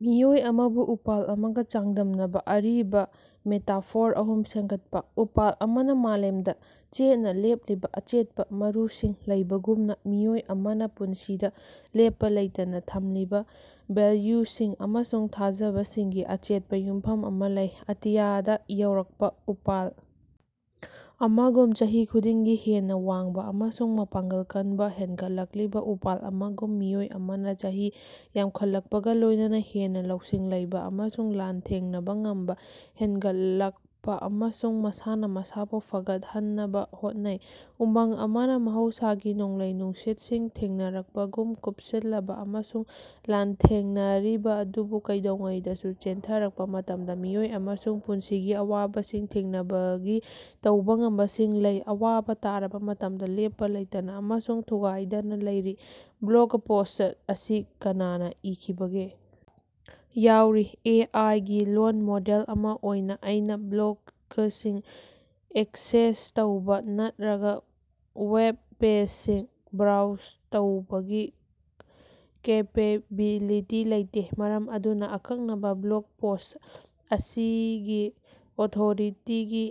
ꯃꯤꯑꯣꯏ ꯑꯃꯕꯨ ꯎꯄꯥꯜ ꯑꯃꯒ ꯆꯥꯡꯗꯝꯅꯕ ꯑꯔꯤꯕ ꯃꯦꯇꯥꯐꯣꯔ ꯑꯍꯨꯝ ꯁꯦꯝꯒꯠꯄ꯫ ꯎꯄꯥꯜ ꯑꯃꯅ ꯃꯥꯂꯦꯝꯗ ꯆꯦꯠꯅ ꯂꯦꯞꯂꯤꯕ ꯑꯆꯦꯠꯄ ꯃꯔꯨꯁꯤꯡ ꯂꯩꯕꯒꯨꯝꯅꯥ, ꯃꯤꯑꯣꯏ ꯑꯃꯅꯥ ꯄꯨꯟꯁꯤꯗꯥ ꯂꯦꯞꯄ ꯂꯩꯇꯅ ꯊꯝꯂꯤꯕ ꯚꯦꯜꯌꯨꯁꯤꯡ ꯑꯃꯁꯨꯡ ꯊꯥꯖꯕꯁꯤꯡꯒꯤ ꯑꯆꯦꯠꯄ ꯌꯨꯝꯐꯝ ꯑꯃ ꯂꯩ꯫ ꯑꯇꯤꯌꯥꯗ ꯌꯧꯔꯛꯄ ꯎꯄꯥꯜ ꯑꯃꯒꯨꯝ, ꯆꯍꯤ ꯈꯨꯗꯤꯡꯒꯤ ꯍꯦꯟꯅ ꯋꯥꯡꯕ ꯑꯃꯁꯨꯡ ꯃꯄꯥꯡꯒꯜ ꯀꯟꯕꯥ ꯍꯦꯟꯒꯠꯂꯛꯂꯤꯕ ꯎꯄꯥꯜ ꯑꯃꯒꯨꯝ, ꯃꯤꯑꯣꯏ ꯑꯃꯅ ꯆꯍꯤ ꯌꯝꯈꯠꯂꯛꯄꯒ ꯂꯣꯏꯅꯅꯥ ꯍꯦꯟꯅ ꯂꯧꯁꯤꯡ ꯂꯩꯕ ꯑꯃꯁꯨꯡ ꯂꯥꯟꯊꯦꯡꯅꯕ ꯉꯝꯕ ꯍꯦꯟꯒꯠꯂꯛꯄ ꯑꯃꯁꯨꯡ ꯃꯁꯥꯅ ꯃꯁꯥꯕꯨ ꯐꯒꯠꯍꯟꯅꯕ ꯍꯣꯠꯅꯩ꯫ ꯎꯃꯪ ꯑꯃꯅꯥ ꯃꯍꯧꯁꯥꯒꯤ ꯅꯣꯡꯂꯩ-ꯅꯨꯡꯁꯤꯠꯁꯤꯡ ꯊꯦꯡꯅꯔꯛꯄꯒꯨꯝ, ꯀꯨꯞꯁꯤꯜꯂꯕ ꯑꯃꯁꯨꯡ ꯂꯥꯟꯊꯦꯡꯅꯔꯤꯕ ꯑꯗꯨꯕꯨ ꯀꯩꯗꯧꯉꯩꯗꯁꯨ ꯆꯦꯟꯊꯔꯛꯄ ꯃꯇꯝꯗꯥ ꯃꯤꯑꯣꯏ ꯑꯃꯁꯨ ꯄꯨꯟꯁꯤꯒꯤ ꯑꯋꯥꯕꯁꯤꯡ ꯊꯦꯡꯅꯕꯒꯤ ꯇꯧꯕꯥ ꯉꯝꯕꯁꯤꯡ ꯂꯩ, ꯑꯋꯥꯕ ꯇꯥꯔꯕ ꯃꯇꯝꯗ ꯂꯦꯞꯄ ꯂꯩꯇꯅ ꯑꯃꯁꯨꯡ ꯊꯨꯒꯥꯏꯗꯅ ꯂꯩꯔꯤ꯫ ꯕ꯭ꯂꯣꯒ ꯄꯣꯁ꯭ꯠ ꯑꯁꯤ ꯀꯅꯥꯅ ꯏꯈꯤꯕꯒꯦ? ꯌꯥꯎꯔꯤ꯫ ꯑꯦ. ꯑꯥꯏ. ꯒꯤ ꯂꯣꯜ ꯃꯣꯗꯦꯜ ꯑꯃ ꯑꯣꯏꯅ ꯑꯩꯒꯤ ꯕ꯭ꯂꯣꯒꯁꯤꯡ ꯑꯦꯛꯁꯦꯁ ꯇꯧꯕ ꯅꯠꯔꯒ ꯋꯦꯕ ꯄꯦꯖꯁꯤꯡ ꯕ꯭ꯔꯣꯎꯖ ꯇꯧꯕꯒꯤ ꯀꯦꯄꯦꯕꯤꯂꯤꯇꯤ ꯂꯩꯇꯦ, ꯃꯔꯝ ꯑꯗꯨꯅ ꯑꯀꯛꯅꯕ ꯕ꯭ꯂꯣꯒ ꯄꯣꯁ꯭ꯠ ꯑꯁꯤꯒꯤ ꯑꯣꯊꯣꯔꯤꯇꯤꯒꯤ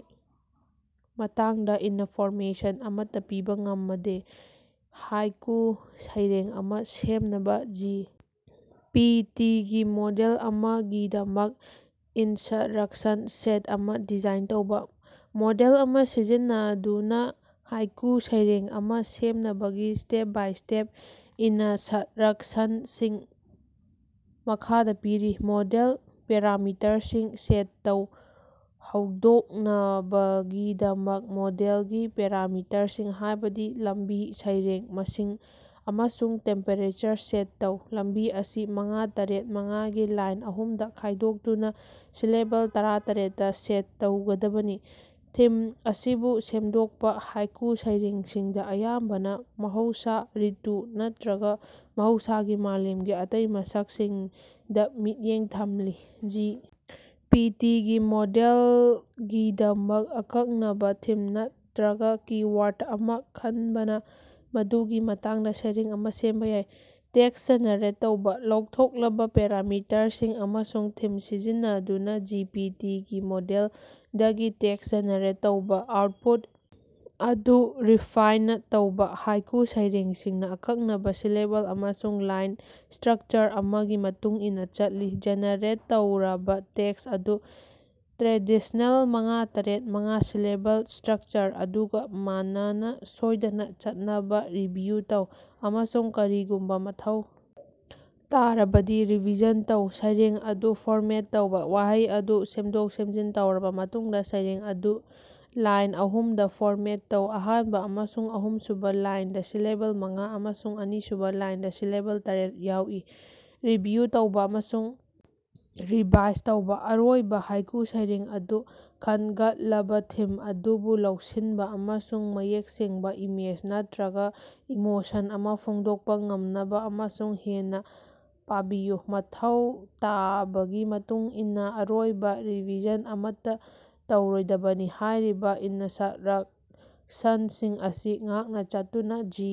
ꯃꯇꯥꯡꯗ ꯏꯟꯐꯣꯔꯃꯦꯁꯟ ꯑꯃꯠꯇ ꯄꯤꯕ ꯉꯃꯗꯦ꯫ ꯍꯥꯏꯀꯨ ꯁꯩꯔꯦꯡ ꯑꯃ ꯁꯦꯝꯅꯕ ꯖꯤ. ꯄꯤ. ꯇꯤ. ꯒꯤ ꯃꯣꯗꯦꯜ ꯑꯃꯒꯤꯗꯃꯛ ꯏꯟꯁꯠ꯭ꯔꯛꯁꯟ ꯁꯦꯠ ꯑꯃ ꯗꯤꯖꯥꯏꯟ ꯇꯧꯕ꯫ ꯃꯣꯗꯦꯜ ꯑꯃ ꯁꯤꯖꯤꯟꯅꯗꯨꯅ ꯍꯥꯏꯀꯨ ꯁꯩꯔꯦꯡ ꯑꯃ ꯁꯦꯝꯅꯕꯒꯤ ꯁ꯭ꯇꯦꯞ-ꯕꯥꯏ-ꯁ꯭ꯇꯦꯞ ꯏꯅꯁ꯭ꯠꯔꯛꯁꯟꯁꯤꯡ ꯃꯈꯥꯗ ꯄꯤꯔꯤ: ꯃꯣꯗꯦꯜ ꯄꯦꯔꯥꯃꯤꯇꯔꯁꯤꯡ ꯁꯦꯠ ꯇꯧ: ꯍꯧꯗꯣꯛꯅꯕꯒꯤꯗꯃꯛ, ꯃꯣꯗꯦꯜꯒꯤ ꯄꯦꯔꯥꯃꯤꯇꯔꯁꯤꯡ ꯍꯥꯏꯕꯗꯤ ꯂꯝꯕꯤ, ꯁꯩꯔꯦꯡ ꯃꯁꯤꯡ, ꯑꯃꯁꯨꯡ ꯇꯦꯝꯄꯦꯔꯦꯆꯔ ꯁꯦꯠ ꯇꯧ꯫ ꯂꯝꯕꯤ ꯑꯁꯤ ꯃꯉꯥ- ꯇꯔ‌ꯦꯠ- ꯃꯉꯥ ꯒꯤ ꯂꯥꯏꯟ ꯑꯍꯨꯝꯗꯥ ꯈꯥꯏꯗꯣꯛꯇꯨꯅ ꯁꯤꯂꯦꯕꯜ ꯇꯔꯥꯇꯔ‌ꯦꯠ ꯇꯥ ꯁꯦꯠ ꯇꯧꯒꯗꯕꯅꯤ꯫ ꯊꯤꯝ ꯑꯁꯤꯕꯨ ꯁꯦꯝꯗꯣꯛꯄ: ꯍꯥꯏꯀꯨ ꯁꯩꯔꯦꯡꯁꯤꯡꯗ ꯑꯌꯥꯝꯕꯅ ꯃꯍꯧꯁꯥ, ꯔꯤꯇꯨ ꯅꯠꯇꯔꯒ ꯃꯍꯧꯁꯥꯒꯤ ꯃꯥꯂꯦꯝꯒꯤ ꯑꯇꯩ ꯃꯁꯛꯁꯤꯡꯗ ꯃꯤꯠꯌꯦꯡ ꯊꯝꯂꯤ꯫ ꯖꯤ. ꯄꯤ. ꯇꯤ. ꯒꯤ ꯃꯣꯗꯦꯜꯒꯤꯗꯃꯛ ꯑꯀꯛꯅꯕꯥ ꯊꯤꯝ ꯅꯠꯇꯔꯒ ꯀꯤ-ꯋꯥꯔꯗ ꯑꯃ ꯈꯟꯕꯅ ꯃꯗꯨꯒꯤ ꯃꯇꯥꯡꯗ ꯁꯩꯔꯦꯡ ꯑꯃ ꯁꯦꯝꯕꯥ ꯌꯥꯏ꯫ ꯇꯦꯛꯁ ꯖꯦꯅꯦꯔꯦꯠ ꯇꯧꯕꯥ: ꯂꯧꯊꯣꯛꯂꯕ ꯄꯦꯔꯥꯃꯤꯇꯔꯁꯤꯡ ꯑꯃꯁꯨꯡ ꯊꯤꯝ ꯁꯤꯖꯤꯟꯅꯗꯨꯅ ꯖꯤ. ꯄꯤ. ꯇꯤ. ꯒꯤ ꯃꯣꯗꯦꯜꯗꯒꯤ ꯇꯦꯛꯁ ꯖꯦꯅꯦꯔꯦꯠ ꯇꯧꯕ꯫ ꯑꯥꯎꯠꯄꯨꯠ ꯑꯗꯨ ꯔꯤꯐꯥꯏꯟꯅ ꯇꯧꯕꯥ: ꯍꯥꯏꯀꯨ ꯁꯩꯔꯦꯡꯁꯤꯡꯅꯥ ꯑꯀꯛꯅꯕꯥ ꯁꯤꯂꯦꯕꯜ ꯑꯃꯁꯨꯡ ꯂꯥꯏꯟ ꯁ꯭ꯇꯔꯛꯆꯔ ꯑꯃꯒꯤ ꯃꯇꯨꯡ ꯏꯟꯅ ꯆꯠꯂꯤ꯫ ꯖꯦꯅꯦꯔꯦꯠ ꯇꯧꯔꯕ ꯇꯦꯛꯁ ꯑꯗꯨ ꯇ꯭ꯔꯦꯗꯤꯁꯅꯦꯜ ꯃꯉꯥ- ꯇꯔ‌ꯦꯠ- ꯃꯉꯥ ꯁꯤꯂꯦꯕꯜ ꯁ꯭ꯇꯔꯛꯆꯔ ꯑꯗꯨꯒ ꯃꯟꯅꯅꯥ ꯁꯣꯏꯗꯅ ꯆꯠꯅꯕꯥ ꯔꯤꯚꯤꯌꯨ ꯇꯧ, ꯑꯃꯁꯨꯡ ꯀꯔꯤꯒꯨꯝꯕ ꯃꯊꯧ ꯇꯥꯔꯕꯗꯤ ꯔꯤꯚꯤꯖꯟ ꯇꯧ꯫ ꯁꯩꯔꯦꯡ ꯑꯗꯨ ꯐꯣꯔꯃꯦꯠ ꯇꯧꯕꯥ: ꯋꯥꯍꯩ ꯑꯗꯨ ꯁꯦꯝꯗꯣꯛ-ꯁꯦꯝꯖꯤꯟ ꯇꯧꯔꯕ ꯃꯇꯨꯡꯗ ꯁꯩꯔꯦꯡ ꯑꯗꯨ ꯂꯥꯏꯟ ꯑꯍꯨꯝꯗ ꯐꯣꯔꯃꯦꯠ ꯇꯧ, ꯑꯍꯥꯟꯕ ꯑꯃꯁꯨꯡ ꯑꯍꯨꯝꯁꯨꯕ ꯂꯥꯏꯟꯗ ꯁꯤꯂꯦꯕꯜ ꯃꯉꯥ ꯑꯃꯁꯨꯡ ꯑꯅꯤꯁꯨꯕ ꯂꯥꯏꯟꯗ ꯁꯤꯂꯦꯕꯜ ꯇꯔ‌ꯦꯠ ꯌꯥꯎꯏ꯫ ꯔꯤꯚꯤꯌꯨ ꯇꯧꯕ ꯑꯃꯁꯨꯡ ꯔꯤꯚꯥꯏꯁ ꯇꯧꯕ: ꯑꯔꯣꯏꯕ ꯍꯥꯏꯀꯨ ꯁꯩꯔꯦꯡ ꯑꯗꯨ ꯈꯟꯒꯠꯂꯕ ꯊꯤꯝ ꯑꯗꯨꯕꯨ ꯂꯧꯁꯤꯟꯕ ꯑꯃꯁꯨꯡ ꯃꯌꯦꯛ ꯁꯦꯡꯕꯥ ꯏꯃꯦꯖ ꯅꯠꯇꯔꯒ ꯏꯃꯣꯁꯟ ꯑꯃ ꯐꯣꯡꯗꯣꯛꯄ ꯉꯝꯅꯕ ꯑꯃꯨꯛ ꯍꯟꯅ ꯄꯥꯕꯤꯌꯨ꯫ ꯃꯊꯧ ꯇꯥꯕꯒꯤ ꯃꯇꯨꯡ ꯏꯟꯅ ꯑꯔꯣꯏꯕ ꯔꯤꯚꯤꯖꯟ ꯑꯃꯠꯇ ꯇꯧꯔꯣꯏꯗꯕꯅꯤ꯫ ꯍꯥꯏꯔꯤꯕ ꯏꯅꯁ꯭ꯠꯔꯛꯁꯟꯁꯤꯡ ꯑꯁꯤ ꯉꯥꯛꯅ ꯆꯠꯇꯨꯅ ꯖꯤ꯫